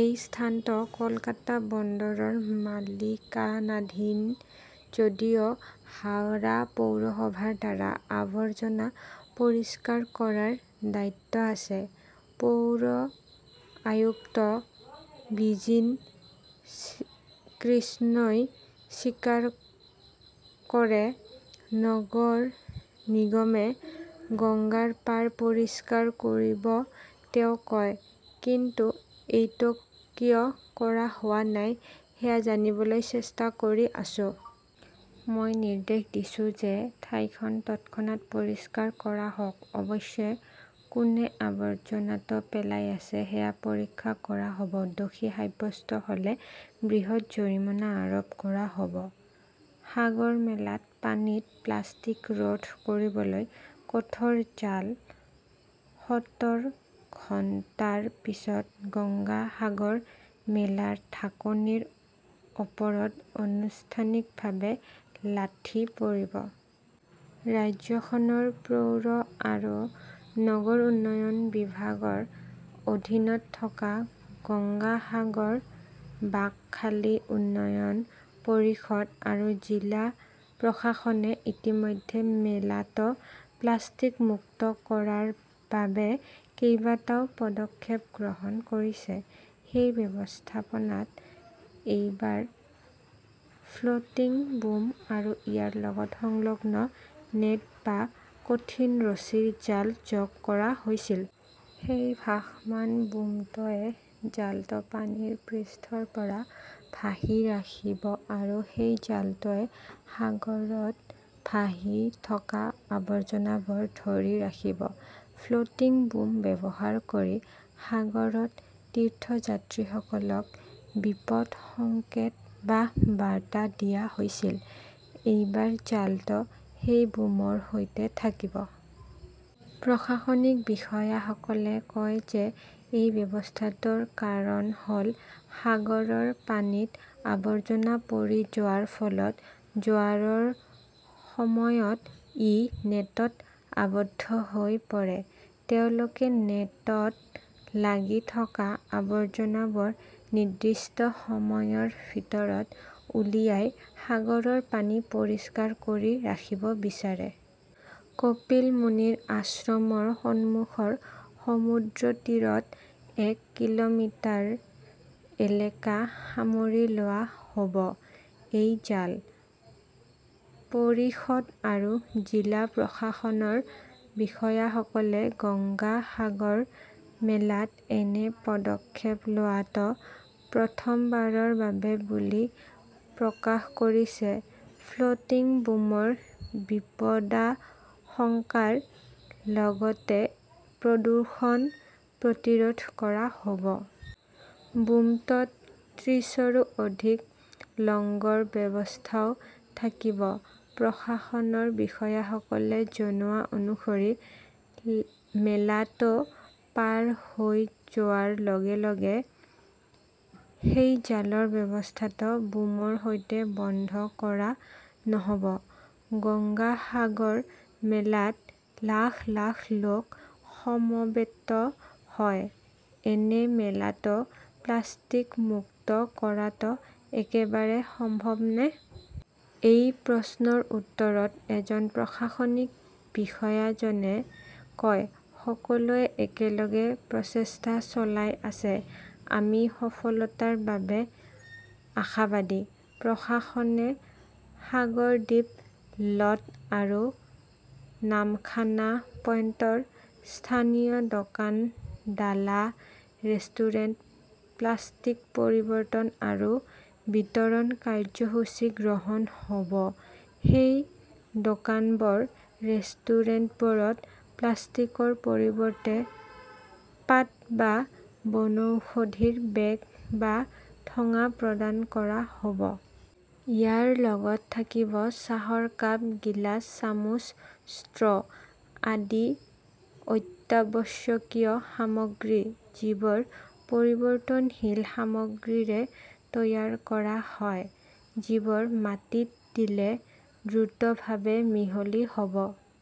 এই স্থানটো কলকাতা বন্দৰৰ মালিকানাধীন যদিও হাৱাৰা পৌৰসভাৰ দ্বাৰা আবৰ্জনা পৰিষ্কাৰ কৰাৰ দায়িত্ব আছে, পৌৰ আয়ুক্ত বিজিন কৃষ্ণই স্বীকাৰ কৰে। নগৰ নিগমে গংগাৰ পাৰ পৰিষ্কাৰ কৰিব তেওঁ কয়। কিন্তু এইটো কিয় কৰা হোৱা নাই সেয়া জানিবলৈ চেষ্টা কৰি আছো। মই নিৰ্দেশ দিছো যে ঠাইখন তৎক্ষণাত পৰিষ্কাৰ কৰা হওক। অৱশ্যে কোনে আৱৰ্জনাটো পেলাই আছে সেয়া পৰীক্ষা কৰা হ 'ব। দোষী সাব্যস্ত হ'লে বৃহৎ জৰিমনা আৰোপ কৰা হ'ব। সাগৰমেলাত পানীত প্লাষ্টিক ৰোধ কৰিবলৈ কঠোৰ জাল সতৰ ঘণ্টাৰ পিছত গংগা সাগৰ মেলাৰ ঢাকনিৰ ওপৰত আনুষ্ঠানিকভাৱে লাঠি পৰিব। ৰাজ্যখনৰ পৌৰ আৰু নগৰ উন্নয়ন বিভাগৰ অধীনত থকা গংগা সাগৰ বাকখালী উন্নয়ন পৰিষদ আৰু জিলা প্ৰশাসনে ইতিমধ্যে মেলাটো প্লাষ্টিক মুক্ত কৰাৰ বাবে কেইবাটাও পদক্ষেপ গ্ৰহণ কৰিছে। সেই ব্যৱস্থাপনাত এইবাৰ ফ্লোটিং বুম আৰু ইয়াৰ লগত সংলগ্ন নেট বা কঠিন ৰছীৰ জাল যোগ কৰা হৈছিল। সেই ভাসমান বুমটোৱে জালটো পানীৰ পৃষ্ঠৰ পৰা ভাহি ৰাখিব। আৰু সেই জালটোৱে সাগৰত ভাহি থকা আৱৰ্জনাবোৰ ধৰি ৰাখিব। ফ্লোটিং বুম ব্যৱহাৰ কৰি সাগৰত তীৰ্থযাত্ৰীসকলক বিপদ সংকেত বা বাৰ্তা দিয়া হৈছিল। এইবাৰ জালটো সেই বুমৰ সৈতে থাকিব। প্ৰশাসনিক বিষয়াসকলে কয় যে এই ব্যৱস্থাটোৰ কাৰণ হ'ল সাগৰৰ পানীত আৱৰ্জনা পৰি যোৱাৰ ফলত জোৱাৰৰ সময়ত ই নেটত আবদ্ধ হৈ পৰে। তেওঁলোকে নেটত লাগি থকা আৱৰ্জনাবোৰ নিৰ্দিষ্ট সময়ৰ ভিতৰত উলিয়াই সাগৰৰ পানী পৰিষ্কাৰ কৰি ৰাখিব বিচাৰে। কপিল মুনিৰ আশ্ৰমৰ সন্মুখৰ সমুদ্ৰতীৰত এক কিলোমিটাৰ এলেকা সামৰি লোৱা হ'ব এই জাল। পৰিষদ আৰু জিলা প্ৰশাসনৰ বিষয়াসকলে গংগা সাগৰ মেলাত এনে পদক্ষেপ লোৱাটো প্ৰথমবাৰৰ বাবে বুলি প্ৰকাশ কৰিছে। ফ্লোটিং বুমৰ বিপদাশংকাৰ লগতে প্ৰদূষণ প্ৰতিৰোধ কৰা হ'ব। বুমটোত ত্ৰিছৰো অধিক লংগৰ ব্যৱস্থাও থাকিব। প্ৰশাসনৰ বিষয়াসকলে জনোৱা অনুসৰি মেলাটো পাৰ হৈ যোৱাৰ লগে -লগে সেই জালৰ ব্যৱস্থাটো বুমৰ সৈতে বন্ধ কৰা নহ'ব। গংগা সাগৰ মেলাত লাখ- লাখ লোক সমবেত হয়। এনে মেলাটো প্লাষ্টিক মুক্ত কৰাটো একেবাৰে সম্ভৱনে? এই প্ৰশ্নৰ উত্তৰত এজন প্ৰশাসনিক বিষয়াজনে কয়, সকলোৱে একেলগে প্ৰচেষ্টা চলাই আছে। আমি সফলতাৰ বাবে আশাবাদী। প্ৰশাসনে সাগৰদ্বীপ, লট আৰু নামখানা পইণ্টৰ স্থানীয় দোকান, ডালা, ৰেষ্টুৰেণ্টত প্লাষ্টিক পৰিৱৰ্তন আৰু বিতৰণ কাৰ্যসূচী গ্ৰহণ হ'ব। সেই দোকানবোৰ ৰেষ্টুৰেণ্টবোৰত প্লাষ্টিকৰ পৰিৱৰ্তে পাট বা বনৌষধিৰ বেগ বা ঠোঙা প্ৰদান কৰা হ 'ব। ইয়াৰ লগত থাকিব চাহৰ কাপ, গিলাচ, চামুচ, ষ্ট্ৰ 'আদি অত্যাৱশ্যকীয় সামগ্ৰী যিবোৰ পৰিৱৰ্তনশীল সামগ্ৰীৰে তৈয়াৰ কৰা হয়, যিবোৰ মাটিত দিলে দ্ৰুতভাৱে মিহলি হ' ব।